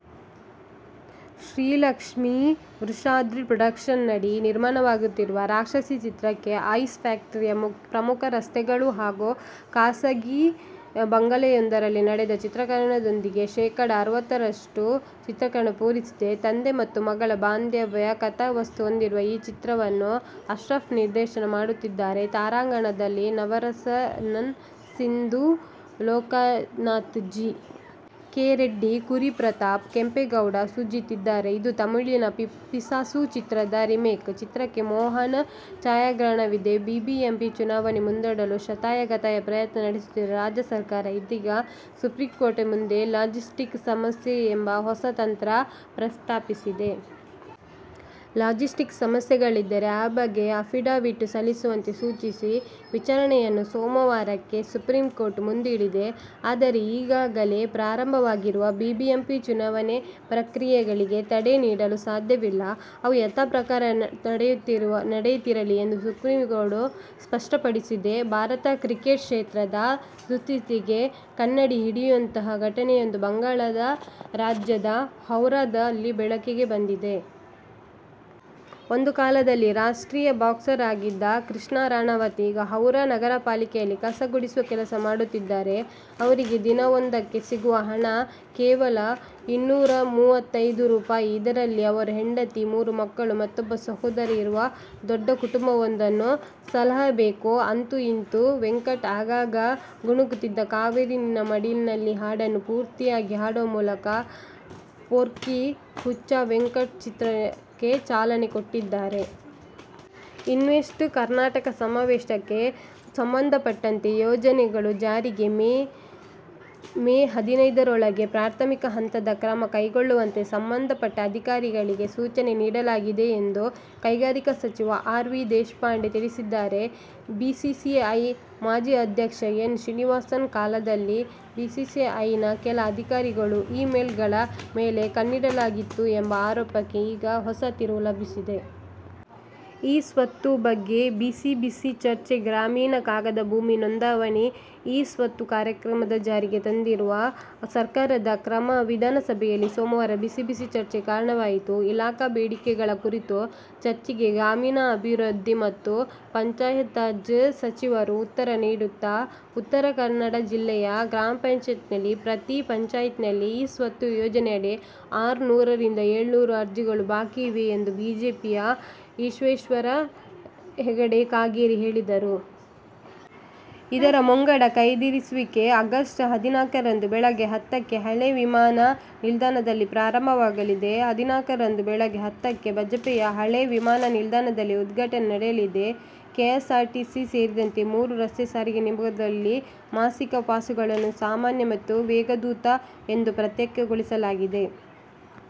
ಶ್ರೀ ಲಕ್ಷ್ಮೀ ವೃಷಾದ್ರಿ ಪೊಡಕ್ಷನ್ಸ್ನಡಿ ನಿರ್ಮಾಣವಾಗುತ್ತಿರುವ ರಾಕ್ಷಸಿ ಚಿತ್ರಕ್ಕೆ ಐಸ್ ಫ್ಯಾಕ್ಟರಿಯ ಪ್ರಮುಖ ರಸ್ತೆಗಳು ಹಾಗೂ ಖಾಸಗಿ ಬಂಗಲೆಯೊಂದರಲ್ಲಿ ನಡೆದ ಚಿತ್ರಿಕರಣದೊಂದಿಗೆ ಶೇಕಡಾ ಅರವತ್ತರಷ್ಟು ಚಿತ್ರೀಕರಣ ಪೂರೈಸಿದೆ. ತಂದೆ ಮತ್ತು ಮಗಳ ಬಾಂಧವ್ಯದ ಕಥಾವಸ್ತು ಹೊಂದಿರುವ ಈ ಚಿತ್ರವನ್ನು ಅಶ್ರಫ್ ನಿರ್ದೇಶನ ಮಾಡುತ್ತಿದ್ದಾರೆ. ತಾರಾಗಣದಲ್ಲಿ ನವರಸನ್, ಸಿಂಧು ಲೋಕನಾಥ್, ಜಿ. ಕೆ. ರೆಡ್ಡಿ, ಕುರಿ ಪ್ರತಾಪ್, ಕೆಂಪೇಗೌಡ, ಸುಜಿತ್ ಇದ್ದಾರೆ. ಇದು ತಮಿಳಿನ ಪಿಸಾಸು ಚಿತ್ರದ ರಿಮೇಕ್. ಚಿತ್ರಕ್ಕೆ ಮೋಹನ್ ಛಾಯಾಗ್ರಹಣವಿದೆ. ಬಿಬಿಎಂಪಿ ಚುನಾವಣೆ ಮುಂದೂಡಲು ಶತಾಯ ಗತಾಯ ಪ್ರಯತ್ನ ನಡೆಸುತ್ತಿರುವ ರಾಜ್ಯ ಸರ್ಕಾರ ಇದೀಗ ಸುಪ್ರೀಂಕೋರ್ಟ್ನ ಮುಂದೆ ಲಾಜಿಸ್ಟಿಕ್ ಸಮಸ್ಯೆ ಎಂಬ ಹೊಸ ತಂತ್ರ ಪ್ರಸ್ತಾಪಿಸಿದೆ. ಲಾಜಿಸ್ಟಿಕ್ ಸಮಸ್ಯೆಗಳಿದ್ದರೆ ಆ ಬಗ್ಗೆ ಅಫಿಡವಿಟ್ ಸಲ್ಲಿಸುವಂತೆ ಸೂಚಿಸಿ ವಿಚಾರಣೆಯನ್ನು ಸೋಮವಾರಕ್ಕೆ ಸುಪ್ರೀಂಕೋರ್ಟ್ ಮುಂದೂಡಿದೆ. ಆದರೆ ಈಗಾಗಲೇ ಆರಂಭವಾಗಿರುವ ಬಿಬಿಎಂಪಿ ಚುನಾವಣೆ ಪ್ರಕ್ರಿಯೆಗಳಿಗೆ ತಡೆ ನೀಡಲು ಸಾಧ್ಯವಿಲ್ಲ. ಅವು ಯಥಾಪ್ರಕಾರ ನಡೆಯುತ್ತಿರಲಿ ಎಂದು ಸುಪ್ರೀಂಕೋರ್ಟ್ ಸ್ಪಷ್ಟಪಡಿಸಿದೆ. ಭಾರತದ ಕ್ರೀಡಾಕ್ಷೇತ್ರದ ದುಸ್ಥಿತಿಗೆ ಕನ್ನಡಿ ಹಿಡಿಯುವಂತಹ ಘಟನೆಯೊಂದು ಬಂಗಾಳ ರಾಜ್ಯದ ಹೌರಾದಲ್ಲಿ ಬೆಳಕಿಗೆ ಬಂದಿದೆ. ಒಂದು ಕಾಲದಲ್ಲಿ ರಾಷ್ಟ್ರೀಯ ಬಾಕ್ಸರ್ ಆಗಿದ್ದ ಕೃಷ್ಣಾ ರಾವತ್ ಈಗ ಹೌರಾ ನಗರಪಾಲಿಕೆಯಲ್ಲಿ ಕಸ ಗುಡಿಸುವ ಕೆಲಸ ಮಾಡುತ್ತಿದ್ದಾರೆ. ಅವರಿಗೆ ದಿನವೊಂದಕ್ಕೆ ಸಿಗುವ ಹಣ ಕೇವಲ ಇನ್ನೂರಾಮೂವತೈದು ರೂಪಾಯಿ ಇದರಲ್ಲಿ ಅವರು ಹೆಂಡತಿ, ಮೂರು ಮಕ್ಕಳು ಮತ್ತೊಬ್ಬ ಸೋದರ ಇರುವ ದೊಡ್ಡ ಕುಟುಂಬವೊಂದನ್ನು ಸಲಹಬೇಕು ಅಂತೂ ಇಂತೂ ವೆಂಕಟ್, ಆಗಾಗ ಗುನುಗುತ್ತಿದ್ದ ಕಾವೇರಿ ನಿನ್ನ ಮಡಿಲಲಿ ಹಾಡನ್ನು ಪೂರ್ತಿಯಾಗಿ ಹಾಡುವ ಮೂಲಕ ಪೊರ್ಕಿ ಹುಚ್ಚ ವೆಂಕಟ್ ಚಿತ್ರಕ್ಕೆ ಚಾಲನೆ ಕೊಟ್ಟಿದ್ದಾರೆ. ಇನ್ವೆಸ್ಟ್ ಕರ್ನಾಟಕ ಸಮಾವೇಶಕ್ಕೆ ಸಂಬಂಧಪಟ್ಟಂತೆ ಯೋಜನೆಗಳ ಜಾರಿಗೆ ಮೇ ಹದಿನೈದರೊಳಗೆ ಪ್ರಾಥಮಿಕ ಹಂತದ ಕ್ರಮ ಕೈಗೊಳ್ಳುವಂತೆ ಸಂಬಂಧಪಟ್ಟ ಅಧಿಕಾರಿಗಳಿಗೆ ಸೂಚನೆ ನೀಡಲಾಗಿದೆ ಎಂದು ಕೈಗಾರಿಕೆ ಸಚಿವ ಆರ್. ವಿ. ದೇಶಪಾಂಡೆ ತಿಳಿಸಿದ್ದಾರೆ. ಬಿಸಿಸಿಐ ಮಾಜಿ ಅಧ್ಯಕ್ಷ ಎನ್. ಶ್ರೀನಿವಾಸನ್ ಕಾಲದಲ್ಲಿ ಬಿಸಿಸಿಐನ ಕೆಲ ಅಧಿಕಾರಿಗಳ ಇ-ಮೇಲ್ಗಳ ಮೇಲೆ ಕಣ್ಣಿಡಲಾಗಿತ್ತು ಎಂಬ ಆರೋಪಕ್ಕೆ ಈಗ ಹೊಸ ತಿರುವು ಲಭಿಸಿದೆ. ಇ-ಸ್ವತ್ತು ಬಗ್ಗೆ ಬಿಸಿಬಿಸಿ ಚರ್ಚೆಗ್ರಾಮೀಣ ಭಾಗದ ಭೂಮಿ ನೋಂದಣಿಗೆ ಇ-ಸ್ವತ್ತು ಕಾರ್ಯಕ್ರಮ ಜಾರಿಗೆ ತಂದಿರುವ ಸರ್ಕಾರದ ಕ್ರಮ ವಿಧಾನಸಭೆಯಲ್ಲಿ ಸೋಮವಾರ ಬಿಸಿ ಬಿಸಿ ಚರ್ಚೆಗೆ ಕಾರಣವಾಯಿತು. ಇಲಾಖಾ ಬೇಡಿಕೆಗಳ ಕುರಿತ ಚರ್ಚೆಗೆ ಗ್ರಾಮೀಣಾಭಿವೃದ್ಧಿ ಮತ್ತು ಪಂಚಾಯತ್ರಾಜ್ ಸಚಿವರು ಉತ್ತರ ನೀಡುತ್ತಾ, ಉತ್ತರ ಕನ್ನಡ ಜಿಲ್ಲೆಯ ಗ್ರಾಪಂಗಳಲ್ಲಿ ಪ್ರತಿ ಪಂಚಾಯ್ತಿಯಲ್ಲಿ ಇ-ಸ್ವತ್ತು ಯೋಜನೆಯಡಿ ಆರು ನೂರರಿಂದ ಏಳುನೂರು ಅರ್ಜಿಗಳು ಬಾಕಿ ಇವೆ ಎಂದು ಬಿಜೆಪಿಯ ವಿಶ್ವೇಶ್ವರ ಹೆಗಡೆ ಕಾಗೇರಿ ಹೇಳಿದ್ದರು. ಇದರ ಮುಂಗಡ ಕಾಯ್ದಿರಿಸುವಿಕೆ ಆಗಸ್ಟ್ ಹದಿನಾಲ್ಕರಂದು ಬೆಳಗ್ಗೆ ಹತ್ತಕ್ಕೆ ಹಳೆ ವಿಮಾನ ನಿಲ್ದಾಣದಲ್ಲಿ ಪ್ರಾರಂಭವಾಗಲಿದೆ. ಹದಿನಾಲ್ಕಕ್ಕೆ ರಂದು ಬೆಳಗ್ಗೆ ಹತ್ತಕ್ಕೆ ಬಜಪೆಯ ಹಳೆ ವಿಮಾಣ ನಿಲ್ದಾಣದಲ್ಲಿ ಉದ್ಘಾಟನೆ ನಡೆಯಲಿದೆ. ಕೆಎಸ್ಆರ್ಟಿಸಿ ಸೇರಿದಂತೆ ಮೂರು ರಸ್ತೆ ಸಾರಿಗೆ ನಿಗಮ ಗಳಲ್ಲಿ ಮಾಸಿಕ ಪಾಸುಗಳನ್ನು ಸಾಮಾನ್ಯ ಮತ್ತು ವೇಗದೂತ ಎಂದು ಪ್ರತ್ಯೇಕಗೊಳಿಸಲಾಗಿದೆ.